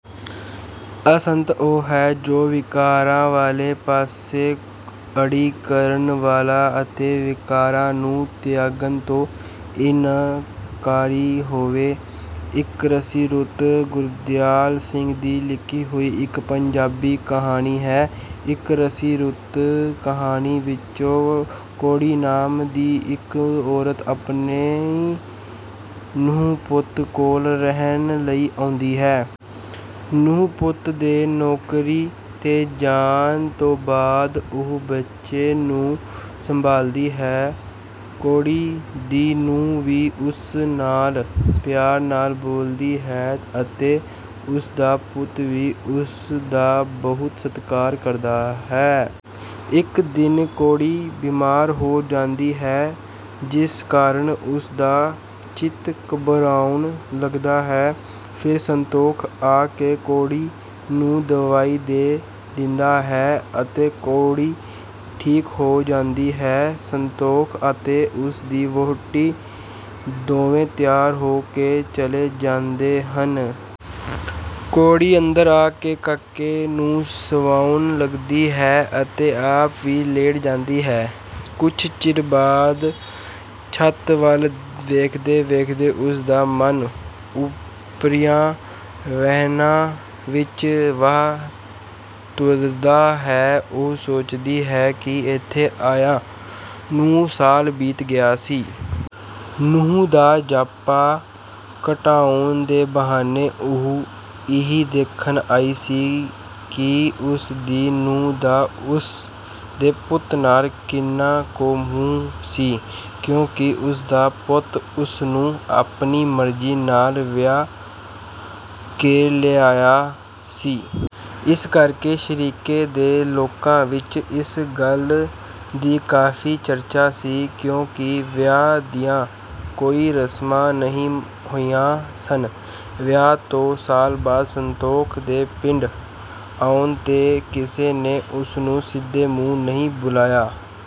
ਅਸੰਤ ਉਹ ਹੈ ਜੋ ਵਿਕਾਰਾਂ ਵਾਲੇ ਪਾਸੇ ਅੜੀ ਕਰਨ ਵਾਲਾ ਅਤੇ ਵਿਕਾਰਾਂ ਨੂੰ ਤਿਆਗਣ ਤੋਂ ਇਨਕਾਰੀ ਹੋਵੇ। ‘ਇੱਕਰਸੀ ਰੁੱਤ’ ਗੁਰਦਿਆਲ ਸਿੰਘ ਦੀ ਲਿਖੀ ਹੋਈ ਇੱਕ ਪੰਜਾਬੀ ਕਹਾਣੀ ਹੈ। ‘ਇੱਕਰਸੀ ਰੁੱਤ’ ਕਹਾਣੀ ਵਿੱਚ ਕੌੜੀ ਨਾਮ ਦੀ ਇੱਕ ਔਰਤ ਆਪਣੀ ਨੂੰਹ-ਪੁੱਤ ਕੋਲ ਰਹਿਣ ਲਈ ਆਉਂਦੀ ਹੈ। ਨੂੰਹ-ਪੁੱਤ ਦੇ ਨੌਕਰੀ ’ਤੇ ਜਾਣ ਤੋਂ ਬਾਅਦ ਉਹ ਬੱਚੇ ਨੂੰ ਸੰਭਾਲਦੀ ਹੈ। ਕੌੜੀ ਦੀ ਨੂੰਹ ਵੀ ਉਸ ਨਾਲ ਪਿਆਰ ਨਾਲ ਬੋਲਦੀ ਹੈ ਅਤੇ ਉਸ ਦਾ ਪੁੱਤ ਵੀ ਉਸ ਦਾ ਬਹੁਤ ਸਤਿਕਾਰ ਕਰਦਾ ਹੈ। ਇੱਕ ਦਿਨ ਕੌੜੀ ਬੀਮਾਰ ਹੋ ਜਾਂਦੀ ਹੈ, ਜਿਸ ਕਾਰਨ ਉਸ ਦਾ ਚਿੱਤ ਘਬਰਾਉਣ ਲੱਗਦਾ ਹੈ। ਫਿਰ ਸੰਤੋਖ ਆ ਕੇ ਕੌੜੀ ਨੂੰ ਦਵਾਈ ਦੇ ਦਿੰਦਾ ਹੈ ਅਤੇ ਕੌੜੀ ਠੀਕ ਹੋ ਜਾਂਦੀ ਹੈ। ਸੰਤੋਖ ਅਤੇ ਉਸ ਦੀ ਵਹੁਟੀ ਦੋਵੇਂ ਤਿਆਰ ਹੋ ਕੇ ਚਲੇ ਜਾਂਦੇ ਹਨ। ਕੌੜੀ ਅੰਦਰ ਆ ਕੇ ਕਾਕੇ ਨੂੰ ਸਵਾਉਣ ਲੱਗਦੀ ਹੈ ਅਤੇ ਆਪ ਵੀ ਲੇਟ ਜਾਂਦੀ ਹੈ। ਕੁਝ ਚਿਰ ਬਾਅਦ ਛੱਤ ਵੱਲ ਦੇਖਦੇ-ਵੇਖਦੇ ਉਸ ਦਾ ਮਨ ਓਪਰੀਆਂ ਵਹਿਣਾਂ ਵਿੱਚ ਵਹਿ ਤੁਰਦਾ ਹੈ। ਉਹ ਸੋਚਦੀ ਹੈ ਕਿ ਇੱਥੇ ਆਇਆਂ ਨੂੰ ਸਾਲ ਬੀਤ ਗਿਆ ਸੀ। ਨੂੰਹ ਦਾ ਜਾਪਾ ਕਟਾਉਣ ਦੇ ਬਹਾਨੇ ਉਹ ਇਹ ਦੇਖਣ ਆਈ ਸੀ ਕਿ ਉਸ ਦੀ ਨੂੰਹ ਦਾ ਉਸ ਦੇ ਪੁੱਤ ਨਾਲ ਕਿੰਨਾ ਕੁ ਮੋਹ ਸੀ, ਕਿਉਂਕਿ ਉਸ ਦਾ ਪੁੱਤ ਉਸ ਨੂੰ ਆਪਣੀ ਮਰਜ਼ੀ ਨਾਲ ਵਿਆਹ ਕੇ ਲਿਆਇਆ ਸੀ। ਇਸ ਕਰਕੇ ਸ਼ਰੀਕੇ ਦੇ ਲੋਕਾਂ ਵਿੱਚ ਇਸ ਗੱਲ ਦੀ ਕਾਫ਼ੀ ਚਰਚਾ ਸੀ, ਕਿਉਂਕਿ ਵਿਆਹ ਦੀਆਂ ਕੋਈ ਰਸਮਾਂ ਨਹੀਂ ਹੋਈਆਂ ਸਨ। ਵਿਆਹ ਤੋਂ ਸਾਲ ਬਾਅਦ ਸੰਤੋਖ ਦੇ ਪਿੰਡ ਆਉਣ ’ਤੇ ਕਿਸੇ ਨੇ ਉਸ ਨੂੰ ਸਿੱਧੇ ਮੂੰਹ ਨਹੀਂ ਬੁਲਾਇਆ।